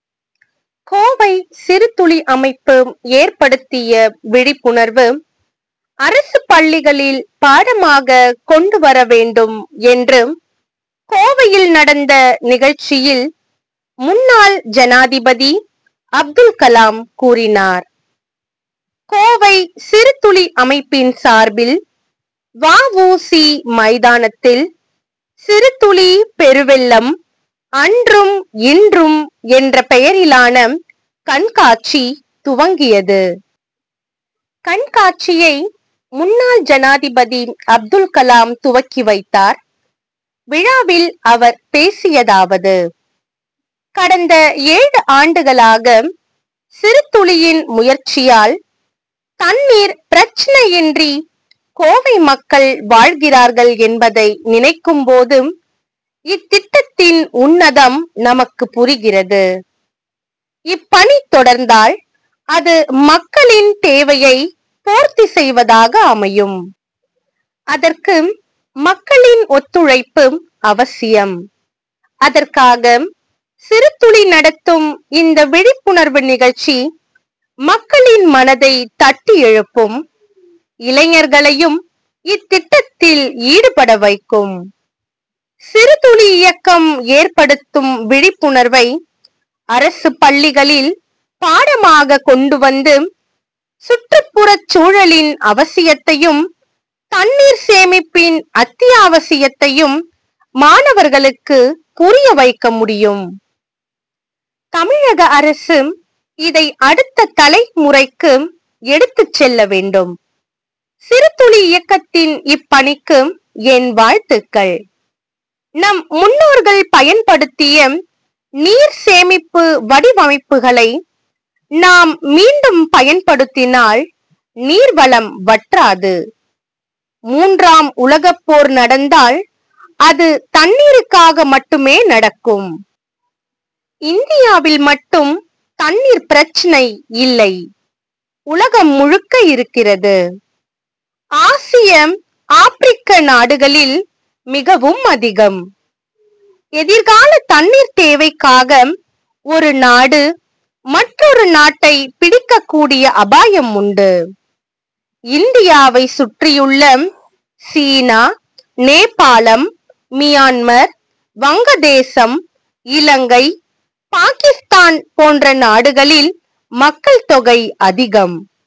கோவை சிறுதுளி அமைப்பு ஏற்படுத்திய விழிப்புணர்வு, அரசு பள்ளிகளில் பாடமாக கொண்டு வரவேண்டும் என்று கோவையில் நடந்த நிகழ்ச்சியில் முன்னாள் ஜனாதிபதி அப்துல் கலாம் கூறினார். கோவை சிறுதுளி அமைப்பின் சார்பில், வ. உ. சி. மைதானத்தில் சிறுதுளி பெருவெள்ளம் அன்றும் இன்றும்' என்ற பெயரிலான கண்காட்சி துவங்கியது. கண்காட்சியை முன்னாள் ஜனாதிபதி அப்துல் கலாம் துவக்கி வைத்தார். விழாவில் அவர் பேசியதாவது கடந்த ஏழு ஆண்டுகளாக சிறுதுளியின் முயற்சியால் தண்ணீர் பிரச்னையின்றி கோவை மக்கள் வாழ்கிறார்கள் என்பதை நினைக்கும் போது இத்திட்டத்தின் உன்னதம் நமக்கு புரிகிறது. இப்பணி தொடர்ந்தால் அது மக்களின் தேவையைப் பூர்த்தி செய்வதாக அமையும். அதற்கு மக்களின் ஒத்துழைப்பு அவசியம். அதற்காக சிறுதுளி நடத்தும் இந்த விழிப்புணர்வு நிகழ்ச்சி மக்களின் மனதை தட்டி எழுப்பும் இளைஞர்களையும் இத்திட்டத்தில் ஈடுபடவைக்கும். சிறுதுளி இயக்கம் ஏற்படுத்தும் விழிப்புணர்வை, அரசு பள்ளிகளில் பாடமாக கொண்டுவந்து, சுற்றுப்புறச் சூழலின் அவசியத்தையும், தண்ணீர் சேமிப்பின் அத்தியாவசியத்தையும் மாணவர்களுக்கு புரிய வைக்க முடியும். தமிழக அரசு இதை அடுத்த தலை முறைக்கு எடுத்துச் செல்ல வேண்டும். சிறுதுளி இயக்கத்தின் இப்பணிக்கு என் வாழ்த்துக்கள். நம் முன்னோர்கள் பயன்படுத்திய நீர் சேமிப்பு வடிவமைப்புகளை நாம் மீண்டும் பயன்படுத்தினால் நீர் வளம் வற்றாது. மூன்றாம் உலகப்போர் நடந்தால், அது தண்ணீருக்காக மட்டுமே நடக்கும். இந்தியாவில் மட்டும் தண்ணீர் பிரச்னை இல்லை உலகம் முழுக்க இருக்கிறது. ஆசிய, ஆப்ரிக்க நாடுகளில் மிகவும் அதிகம். எதிர்கால தண்ணீர் தேவைக்காக ஒரு நாடு, மற்றொரு நாட்டை பிடிக்கக்கூடிய அபாயம் உண்டு. இந்தியாவை சுற்றியுள்ள, சீனா, நேபாளம், மியான்மர், வங்கதேசம், இலங்கை, பாகிஸ்தான் போன்ற நாடுகளில் மக்கள் தொகை அதிகம்.